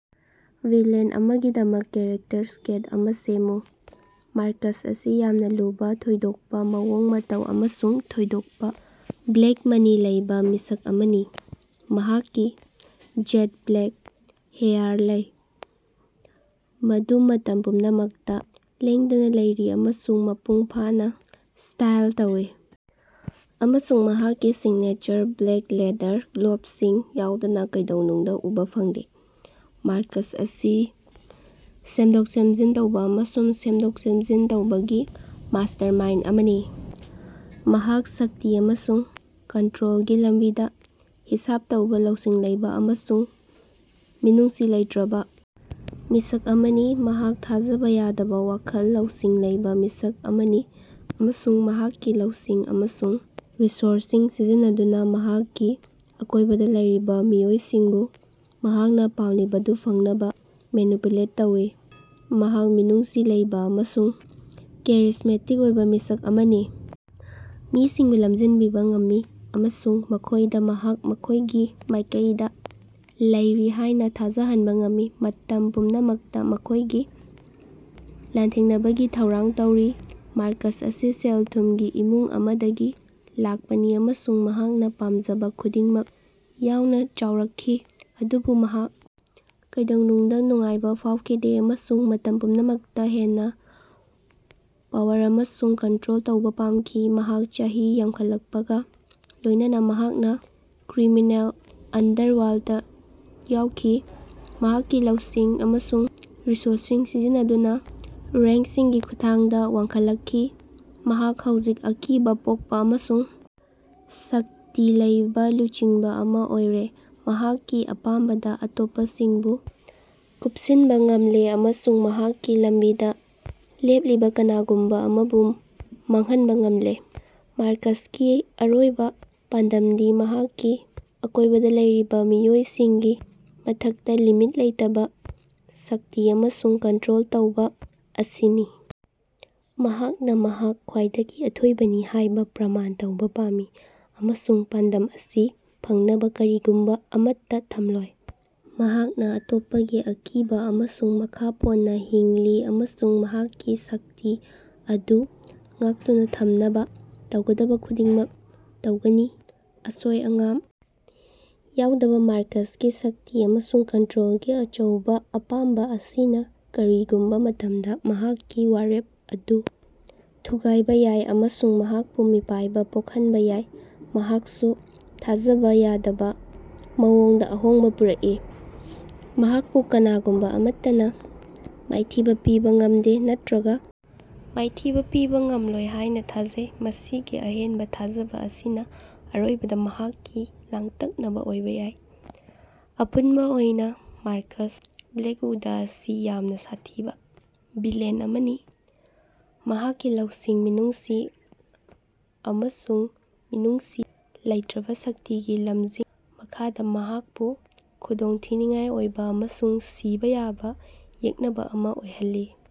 Villain ꯑꯃꯥꯒꯤꯗꯃꯛ character sketch ꯑꯃꯥ ꯁꯦꯝꯃꯨ꯫ꯃꯥꯔꯀꯁ ꯑꯁꯤ ꯌꯥꯝꯅꯥ ꯂꯨꯕꯥ, ꯊꯣꯏꯗꯣꯛꯄꯥ ꯃꯑꯣꯡ ꯃꯇꯧ ꯑꯃꯁꯨꯡ ꯊꯣꯏꯗꯣꯛꯄꯥ ꯕ꯭ꯂꯦꯛ ꯃꯅꯤ ꯂꯩꯕꯥ ꯃꯤꯁꯛ ꯑꯃꯅꯤ꯫ ꯃꯍꯥꯛꯀꯤ ꯖꯦꯠ-ꯕ꯭ꯂꯦꯛ ꯍꯦꯌꯥꯔ ꯂꯩ, ꯃꯗꯨ ꯃꯇꯝ ꯄꯨꯝꯅꯃꯛꯇꯥ ꯂꯦꯡꯗꯅꯥ ꯂꯩꯔꯤ ꯑꯃꯁꯨꯡ ꯃꯄꯨꯡ ꯐꯥꯅꯥ ꯁ꯭ꯇꯥꯏꯜ ꯇꯧꯏ ꯑꯃꯁꯨꯡ ꯃꯍꯥꯛꯀꯤ ꯁꯤꯛꯅꯦꯆꯔ ꯕ꯭ꯂꯦꯛ ꯂꯦꯗꯔ ꯒ꯭ꯂꯣꯕꯁꯤꯡ ꯌꯥꯎꯗꯅꯥ ꯀꯩꯗꯧꯅꯨꯡꯗꯥ ꯎꯕꯥ ꯐꯪꯗꯦ꯫ ꯃꯥꯔꯀꯁ ꯑꯁꯤ ꯁꯦꯝꯗꯣꯛ ꯁꯦꯝꯖꯤꯟ ꯇꯧꯕ ꯑꯃꯁꯨꯡ ꯁꯦꯝꯗꯣꯛ ꯁꯦꯝꯖꯤꯟ ꯇꯧꯕꯒꯤ ꯃꯥꯁ꯭ꯇꯔꯃꯥꯏꯟꯗ ꯑꯃꯅꯤ꯫ ꯃꯍꯥꯛ ꯁꯛꯇꯤ ꯑꯃꯁꯨꯡ ꯀꯟꯠꯔꯣꯜꯒꯤ ꯂꯝꯕꯤꯗꯥ ꯍꯤꯁꯥꯕ ꯇꯧꯕ, ꯂꯧꯁꯤꯡ ꯂꯩꯕ ꯑꯃꯁꯨꯡ ꯃꯤꯅꯨꯡꯁꯤ ꯂꯩꯇ꯭ꯔꯕ ꯃꯤꯁꯛ ꯑꯃꯅꯤ꯫ ꯃꯍꯥꯛ ꯊꯥꯖꯕ ꯌꯥꯗꯕ ꯋꯥꯈꯜ ꯂꯧꯁꯤꯡ ꯂꯩꯕ ꯃꯤꯁꯛ ꯑꯃꯅꯤ ꯑꯃꯁꯨꯡ ꯃꯍꯥꯛꯀꯤ ꯂꯧꯁꯤꯡ ꯑꯃꯁꯨꯡ ꯔꯤꯁꯣꯔꯁꯁꯤꯡ ꯁꯤꯖꯤꯟꯅꯗꯨꯅꯥ ꯃꯍꯥꯛꯀꯤ ꯑꯀꯣꯏꯕꯗꯥ ꯂꯩꯔꯤꯕ ꯃꯤꯑꯣꯏꯁꯤꯡꯕꯨ ꯃꯍꯥꯛꯅꯥ ꯄꯥꯝꯂꯤꯕꯗꯨ ꯐꯪꯅꯕꯥ ꯃꯦꯅꯤꯄꯨꯂꯦꯠ ꯇꯧꯏ꯫ ꯃꯍꯥꯛ ꯃꯤꯅꯨꯡꯁꯤ ꯂꯩꯕ ꯑꯃꯁꯨꯡ ꯀꯦꯔꯤꯖꯃꯦꯇꯤꯛ ꯑꯣꯏꯕ ꯃꯤꯁꯛ ꯑꯃꯅꯤ, ꯃꯤꯁꯤꯡꯕꯨ ꯂꯝꯖꯤꯡꯕꯤꯕ ꯉꯝꯃꯤ ꯑꯃꯁꯨꯡ ꯃꯈꯣꯏꯗꯥ ꯃꯍꯥꯛ ꯃꯈꯣꯏꯒꯤ ꯃꯥꯏꯀꯩꯗꯥ ꯂꯩꯔꯤ ꯍꯥꯏꯅꯥ ꯊꯥꯖꯍꯟꯕꯥ ꯉꯝꯃꯤ, ꯃꯇꯝ ꯄꯨꯝꯅꯃꯛꯇꯥ ꯃꯈꯣꯏꯒꯤ ꯂꯥꯟꯊꯦꯡꯅꯕꯒꯤ ꯊꯧꯔꯥꯡ ꯇꯧꯔꯤ꯫ ꯃꯥꯔꯀꯁ ꯑꯁꯤ ꯁꯦꯜ ꯊꯨꯝꯒꯤ ꯏꯃꯨꯡ ꯑꯃꯥꯗꯒꯤ ꯂꯥꯛꯄꯅꯤ ꯑꯃꯁꯨꯡ ꯃꯍꯥꯛꯅꯥ ꯄꯥꯝꯖꯕꯥ ꯈꯨꯗꯤꯡꯃꯛ ꯌꯥꯎꯅꯥ ꯆꯥꯎꯔꯛꯈꯤ꯫ ꯑꯗꯨꯕꯨ ꯃꯍꯥꯛ ꯀꯩꯗꯧꯅꯨꯡꯗꯥ ꯅꯨꯡꯉꯥꯏꯕꯥ ꯐꯥꯎꯈꯤꯗꯦ ꯑꯃꯁꯨꯡ ꯃꯇꯝ ꯄꯨꯝꯅꯃꯛꯇꯥ ꯍꯦꯟꯅꯥ ꯄꯥꯋꯔ ꯑꯃꯁꯨꯡ ꯀꯟꯠꯔꯣꯜ ꯇꯧꯕ ꯄꯥꯝꯈꯤ꯫ ꯃꯍꯥꯛ ꯆꯍꯤ ꯌꯥꯝꯈꯠꯂꯛꯄꯒꯥ ꯂꯣꯏꯅꯅꯥ ꯃꯍꯥꯛꯅꯥ ꯀ꯭ꯔꯤꯃꯤꯅꯦꯜ ꯑꯟꯗꯔꯋꯔꯜꯗꯇꯥ ꯌꯥꯎꯈꯤ, ꯃꯍꯥꯛꯀꯤ ꯂꯧꯁꯤꯡ ꯑꯃꯁꯨꯡ ꯔꯤꯁꯣꯔꯁꯁꯤꯡ ꯁꯤꯖꯤꯟꯅꯗꯨꯅꯥ ꯔꯦꯉ꯭ꯀꯁꯤꯡꯒꯤ ꯈꯨꯠꯊꯥꯡꯗꯥ ꯋꯥꯡꯈꯠꯂꯛꯈꯤ꯫ ꯃꯍꯥꯛ ꯍꯧꯖꯤꯛ ꯑꯀꯤꯕꯥ ꯄꯣꯛꯄꯥ ꯑꯃꯁꯨꯡ ꯁꯛꯇꯤ ꯂꯩꯕ ꯂꯨꯆꯤꯡꯕꯥ ꯑꯃꯥ ꯑꯣꯏꯔꯦ꯫ ꯃꯍꯥꯛꯀꯤ ꯑꯄꯥꯝꯕꯗꯥ ꯑꯇꯣꯞꯄꯁꯤꯡꯕꯨ ꯀꯨꯄꯁꯤꯅꯕꯥ ꯉꯝꯂꯦ ꯑꯃꯁꯨꯡ ꯃꯍꯥꯛꯀꯤ ꯂꯝꯕꯤꯗꯥ ꯂꯦꯞꯂꯤꯕꯥ ꯀꯅꯥꯒꯨꯝꯕꯥ ꯑꯃꯕꯨ ꯃꯥꯡꯍꯟꯕꯥ ꯉꯝꯂꯦ꯫ ꯃꯥꯔꯀꯁꯀꯤ ꯑꯔꯣꯏꯕꯥ ꯄꯥꯟꯗꯝꯗꯤ ꯃꯍꯥꯛꯀꯤ ꯑꯀꯣꯏꯕꯗꯥ ꯂꯩꯔꯤꯕꯥ ꯃꯤꯑꯣꯏꯁꯤꯡꯒꯤ ꯃꯊꯛꯇꯥ ꯂꯤꯃꯤꯠ ꯂꯩꯇꯕꯥ ꯁꯛꯇꯤ ꯑꯃꯁꯨꯡ ꯀꯟꯠꯔꯣꯜ ꯇꯧꯕ ꯑꯁꯤꯅꯤ꯫ ꯃꯍꯥꯛꯅꯥ ꯃꯍꯥꯛ ꯈ꯭ꯋꯥꯏꯗꯒꯤ ꯑꯊꯣꯏꯕꯅꯤ ꯍꯥꯏꯕ ꯄ꯭ꯔꯃꯥꯟ ꯇꯧꯕ ꯄꯥꯝꯃꯤ ꯑꯃꯁꯨꯡ ꯄꯥꯟꯗꯝ ꯑꯁꯤ ꯐꯪꯅꯕꯥ ꯀꯔꯤꯒꯨꯝꯕꯥ ꯑꯃꯠꯇꯥ ꯊꯝꯂꯣꯏ꯫ ꯃꯍꯥꯛꯅꯥ ꯑꯇꯣꯞꯄꯒꯤ ꯑꯀꯤꯕꯥ ꯑꯃꯁꯨꯡ ꯃꯈꯥ ꯄꯣꯟꯅꯥ ꯍꯤꯡꯂꯤ ꯑꯃꯁꯨꯡ ꯃꯍꯥꯛꯀꯤ ꯁꯛꯇꯤ ꯑꯗꯨ ꯉꯥꯛꯇꯨꯅꯥ ꯊꯝꯅꯕꯥ ꯇꯧꯒꯗꯕꯥ ꯈꯨꯗꯤꯡꯃꯛ ꯇꯧꯒꯅꯤ꯫ ꯑꯁꯣꯏ ꯑꯉꯥꯝ ꯌꯥꯎꯗꯕꯥ ꯃꯥꯔꯀꯁꯀꯤ ꯁꯛꯇꯤ ꯑꯃꯁꯨꯡ ꯀꯟꯠꯔꯣꯜꯒꯤ ꯑꯆꯧꯕꯥ ꯑꯄꯥꯝꯕꯥ ꯑꯁꯤꯅꯥ ꯀꯔꯤꯒꯨꯝꯕꯥ ꯃꯇꯝꯗꯥ ꯃꯍꯥꯛꯀꯤ ꯋꯥꯔꯦꯞ ꯑꯗꯨ ꯊꯨꯒꯥꯏꯕꯥ ꯌꯥꯏ ꯑꯃꯁꯨꯡ ꯃꯍꯥꯛꯄꯨ ꯃꯤꯄꯥꯏꯕꯥ ꯄꯣꯛꯍꯟꯕꯥ ꯌꯥꯏ꯫ ꯃꯍꯥꯛꯁꯨ ꯊꯥꯖꯕꯥ ꯌꯥꯗꯕꯥ ꯃꯑꯣꯡꯗꯥ ꯑꯍꯣꯡꯕꯥ ꯄꯨꯔꯛꯏ, ꯃꯍꯥꯛꯄꯨ ꯀꯅꯥꯒꯨꯝꯕꯥ ꯑꯃꯠꯇꯅꯥ ꯃꯥꯏꯊꯤꯕꯥ ꯄꯤꯕꯥ ꯉꯃꯗꯦ ꯅꯠꯇ꯭ꯔꯒꯥ ꯃꯥꯏꯊꯤꯕꯥ ꯄꯤꯕꯥ ꯉꯝꯂꯣꯏ ꯍꯥꯏꯅꯥ ꯊꯥꯖꯩ꯫ ꯃꯁꯤꯒꯤ ꯑꯍꯦꯟꯕꯥ ꯊꯥꯖꯕꯥ ꯑꯁꯤꯅꯥ ꯑꯔꯣꯏꯕꯗꯥ ꯃꯍꯥꯛꯀꯤ ꯂꯥꯡꯇꯛꯅꯕꯥ ꯑꯣꯏꯕꯥ ꯌꯥꯏ꯫ ꯑꯄꯨꯟꯕꯥ ꯑꯣꯏꯅꯥ ꯃꯥꯔꯀꯁ ꯕ꯭ꯂꯦꯀꯎꯗ ꯑꯁꯤ ꯌꯥꯝꯅꯥ ꯁꯥꯊꯤꯕꯥ ꯚꯤꯂꯦꯟ ꯑꯃꯅꯤ꯫ ꯃꯍꯥꯛꯀꯤ ꯂꯧꯁꯤꯡ, ꯃꯤꯅꯨꯡꯁꯤ ꯑꯃꯁꯨꯡ ꯃꯤꯅꯨꯡꯁꯤ ꯂꯩꯇ꯭ꯔꯕꯥ ꯁꯛꯇꯤꯒꯤ ꯂꯝꯖꯤꯡ ꯃꯈꯥꯗꯥ ꯃꯍꯥꯛꯄꯨ ꯈꯨꯗꯣꯡꯊꯤꯅꯤꯡꯉꯥꯏ ꯑꯣꯏꯕ ꯑꯃꯁꯨꯡ ꯁꯤꯕꯥ ꯌꯥꯕ ꯌꯦꯛꯅꯕꯥ ꯑꯃꯥ ꯑꯣꯏꯍꯜꯂꯤ꯫